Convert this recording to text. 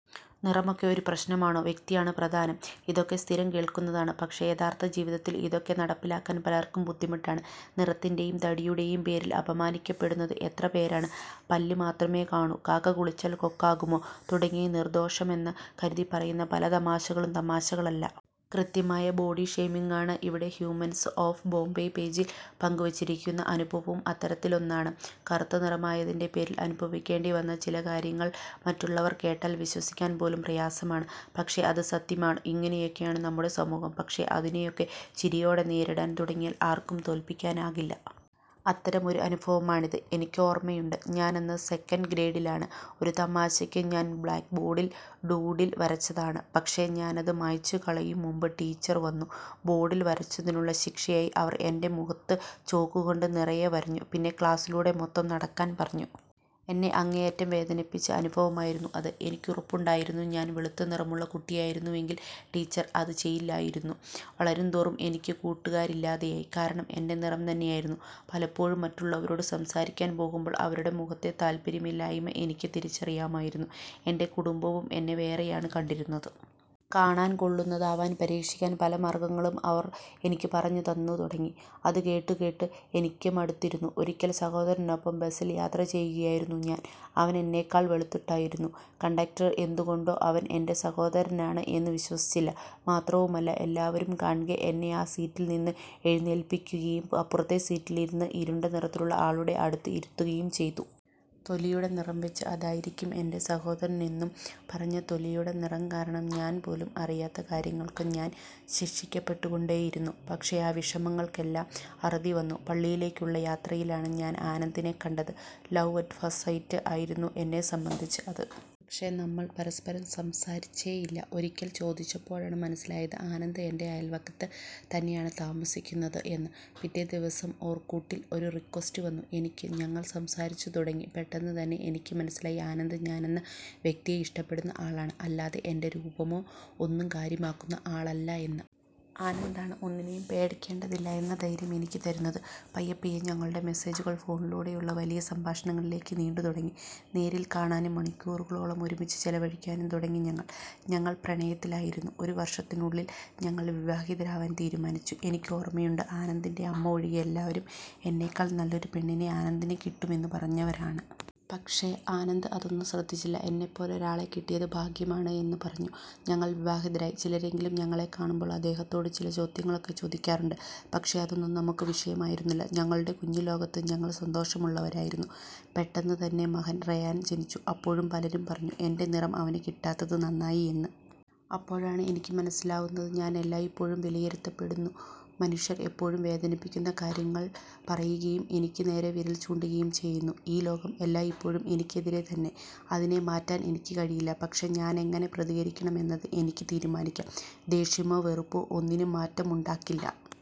നിറമൊക്കെ ഒരു പ്രശ്നമാണോ? വ്യക്തിയാണ് പ്രധാനം. ഇതൊക്കെ സ്ഥിരം കേൾക്കുന്നതാണ്. പക്ഷേ യഥാർഥ ജീവിതത്തിൽ ഇതൊക്കെ നടപ്പിലാക്കാൻ പലർക്കും ബുദ്ധിമുട്ടാണ്. നിറത്തിൻ്റെയും തടിയുടെയും പേരിൽ അപമാനിക്കപ്പെടുന്നത് എത്ര പേരാണ്? പല്ല് മാത്രമേ കാണൂ, കാക്ക കുളിച്ചാൽ കൊക്കാകുമോ തുടങ്ങി നിർദോഷമെന്ന് കരുതി പറയുന്ന പല തമാശകളും തമാശകളല്ല. കൃത്യമായ ബോഡി ഷേമിങ്ങാണ്. ഇവിടെ ഹ്യൂമൻസ് ഓഫ് ബോംബെ പേജിൽ പങ്കുവെച്ചിരിക്കുന്ന അനുഭവവും അത്തരത്തിലൊന്നാണ്. കറുത്ത നിറമായതിൻ്റെ പേരിൽ അനുഭവിക്കേണ്ടി വന്ന ചില കാര്യങ്ങൾ മറ്റുള്ളവർ കേട്ടാൽ വിശ്വസിക്കാൻ പോലും പ്രയാസമാണ്. പക്ഷേ അത് സത്യമാണ്. ഇങ്ങനെയൊക്കെയാണ് നമ്മുടെ സമൂഹം. പക്ഷേ അതിനെയൊക്കെ ചിരിയോടെ നേരിടാൻ തുടങ്ങിയാൽ ആർക്കും തോൽപ്പിക്കാനാകില്ല. അത്തരം ഒരു അനുഭവമാണിത്. എനിക്കോർമയുണ്ട്. ഞാനന്ന് സെക്കൻഡ് ഗ്രേഡിലാണ്. ഒരു തമാശയ്ക്ക് ഞാൻ ബ്ലാക്ക്ബോർഡിൽ ഡൂഡിൽ വരച്ചതാണ്. പക്ഷേ ഞാനത് മായ്ച്ചുകളയും മുമ്പ് ടീച്ചർ വന്നു. ബോർഡിൽ വരച്ചതിനുള്ള ശിക്ഷയായി അവർ എൻ്റെ മുഖത്ത് ചോക്ക് കൊണ്ട് നിറയെ വരഞ്ഞു. പിന്നെ ക്ലാസിലൂടെ മൊത്തം നടക്കാൻ പറഞ്ഞു. എന്നെ അങ്ങേയറ്റം വേദനിപ്പിച്ച അനുഭവമായിരുന്നു അത്. എനിക്കുറപ്പുണ്ടായിരുന്നു ഞാൻ വെളുത്ത നിറമുള്ള കുട്ടിയായിരുന്നുവെങ്കിൽ ടീച്ചർ അത് ചെയ്യില്ലായിരുന്നു. വളരുന്തോറും എനിക്ക് കൂട്ടുകാരില്ലാതായി. കാരണം എൻ്റെ നിറം തന്നെയായിരുന്നു. പലപ്പോഴും മറ്റുള്ളവരോട് സംസാരിക്കാൻ പോകുമ്പോൾ അവരുടെ മുഖത്തെ താൽപര്യമില്ലായ്മ എനിക്ക് തിരിച്ചറിയാമായിരുന്നു. എൻ്റെ കുടുംബവും എന്നെ വേറെയാണ് കണ്ടിരുന്നത്. കാണാൻ കൊള്ളുന്നതാവാൻ പരീക്ഷിക്കാൻ പല മാർഗങ്ങളും അവർ എനിക്ക് പറഞ്ഞുതന്ന് തുടങ്ങി. അത് കേട്ടുകേട്ട് എനിക്ക് മടുത്തിരുന്നു. ഒരിക്കൽ സഹോദരനൊപ്പം ബസിൽ യാത്ര ചെയ്യുകയായിരുന്നു ഞാൻ. അവനെന്നെക്കാൾ വെളുത്തിട്ടായിരുന്നു. കണ്ടക്ടർ എന്തുകൊണ്ടോ അവൻ എൻ്റെ സഹോദരനാണ് എന്ന് വിശ്വസിച്ചില്ല. മാത്രവുമല്ല എല്ലാവരും കാൺകെ എന്നെ ആ സീറ്റിൽ നിന്ന് എഴുന്നേൽപ്പിക്കുകയും അപ്പുറത്തെ സീറ്റിലിരുന്ന ഇരുണ്ട നിറത്തിലുള്ള ആളുടെ അടുത്ത് ഇരുത്തുകയും ചെയ്തു. തൊലിയുടെ നിറം വെച്ച് അതായിരിക്കും എൻ്റെ സഹോദരനെന്നും പറഞ്ഞു. തൊലിയുടെ നിറം കാരണം ഞാൻ പോലും അറിയാത്ത കാര്യങ്ങൾക്ക് ഞാൻ ശിക്ഷിക്കപ്പെട്ടുകൊണ്ടേയിരുന്നു. പക്ഷേ ആ വിഷമങ്ങൾക്കെല്ലാം അറുതി വന്നു. പള്ളിയിലേക്കുള്ള യാത്രയിലാണ് ഞാൻ ആനന്ദിനെ കണ്ടത്. ലവ് അറ്റ് ഫസ്റ്റ് സൈറ്റ് ആയിരുന്നു എന്നെ സംബന്ധിച്ച് അത്. പക്ഷേ നമ്മൾ പരസ്പരം സംസാരിച്ചേയില്ല. ഒരിക്കൽ ചോദിച്ചപ്പോഴാണ് മനസ്സിലായത് ആനന്ദ് എൻ്റെ അയൽവക്കത്ത് തന്നെയാണ് താമസിക്കുന്നത് എന്ന്. പിറ്റേദിവസം ഓർക്കൂട്ടിൽ ഒരു റിക്വസ്റ്റ് വന്നു എനിക്ക്. ഞങ്ങൾ സംസാരിച്ചു തുടങ്ങി. പെട്ടെന്ന് തന്നെ എനിക്ക് മനസ്സിലായി ആനന്ദ് ഞാനെന്ന വ്യക്തിയെ ഇഷ്ടപ്പെടുന്ന ആളാണ്. അല്ലാതെ എൻ്റെ രൂപമോ ഒന്നും കാര്യമാക്കുന്ന ആളല്ല എന്ന്. ആനന്ദാണ് ഒന്നിനെയും പേടിക്കേണ്ടതില്ല എന്ന ധൈര്യം എനിക്ക് തരുന്നത്. പയ്യപ്പയ്യെ ഞങ്ങളുടെ മെസേജുകൾ ഫോണിലൂടെയുള്ള വലിയ സംഭാഷണങ്ങളിലേക്ക് നീണ്ടുതുടങ്ങി. നേരിൽ കാണാനും മണിക്കൂറുകളോളം ഒരുമിച്ച് ചെലവഴിക്കാനും തുടങ്ങി ഞങ്ങൾ. ഞങ്ങൾ പ്രണയത്തിലായിരുന്നു. ഒരു വർഷത്തിനുള്ളിൽ ഞങ്ങൾ വിവാഹിതരാവാൻ തീരുമാനിച്ചു. എനിക്കോർമയുണ്ട്. ആനന്ദിൻ്റെ അമ്മ ഒഴികെ എല്ലാവരും എന്നേക്കാൾ നല്ലൊരു പെണ്ണിനെ ആനന്ദിന് കിട്ടും എന്ന് പറഞ്ഞവരാണ്. പക്ഷേ ആനന്ദ് അതൊന്നും ശ്രദ്ധിച്ചില്ല. എന്നെപ്പോലൊരാളെ കിട്ടിയത് ഭാഗ്യമാണ് എന്ന് പറഞ്ഞു. ഞങ്ങൾ വിവാഹിതരായി. ചിലരെങ്കിലും ഞങ്ങളെ കാണുമ്പോൾ അദ്ദേഹത്തോട് ചില ചോദ്യങ്ങളൊക്കെ ചോദിക്കാറുണ്ട്. പക്ഷേ അതൊന്നും നമുക്ക് വിഷയമായിരുന്നില്ല. ഞങ്ങളുടെ കുഞ്ഞുലോകത്ത് ഞങ്ങൾ സന്തോഷമുള്ളവരായിരുന്നു. പെട്ടെന്ന് തന്നെ മകൻ റയാൻ ജനിച്ചു. അപ്പോഴും പലരും പറഞ്ഞു എൻ്റെ നിറം അവന് കിട്ടാത്തത് നന്നായി എന്ന്. അപ്പോഴാണ് എനിക്ക് മനസ്സിലാവുന്നത് ഞാൻ എല്ലായ്പ്പോഴും വിലയിരുത്തപ്പെടുന്നു, മനുഷ്യർ എപ്പോഴും വേദനിപ്പിക്കുന്ന കാര്യങ്ങൾ പറയുകയും എനിക്ക് നേരെ വിരൽ ചൂണ്ടുകയും ചെയ്യുന്നു.ഈ ലോകം എല്ലായ്പ്പോഴും എനിക്കെതിരെ തന്നെ. അതിനെ മാറ്റാൻ എനിക്ക് കഴിയില്ല. പക്ഷേ ഞാനെങ്ങനെ പ്രതികരിക്കണം എന്നത് എനിക്ക് തീരുമാനിക്കാം. ദേഷ്യമോ വെറുപ്പോ ഒന്നിനും മാറ്റമുണ്ടാക്കില്ല.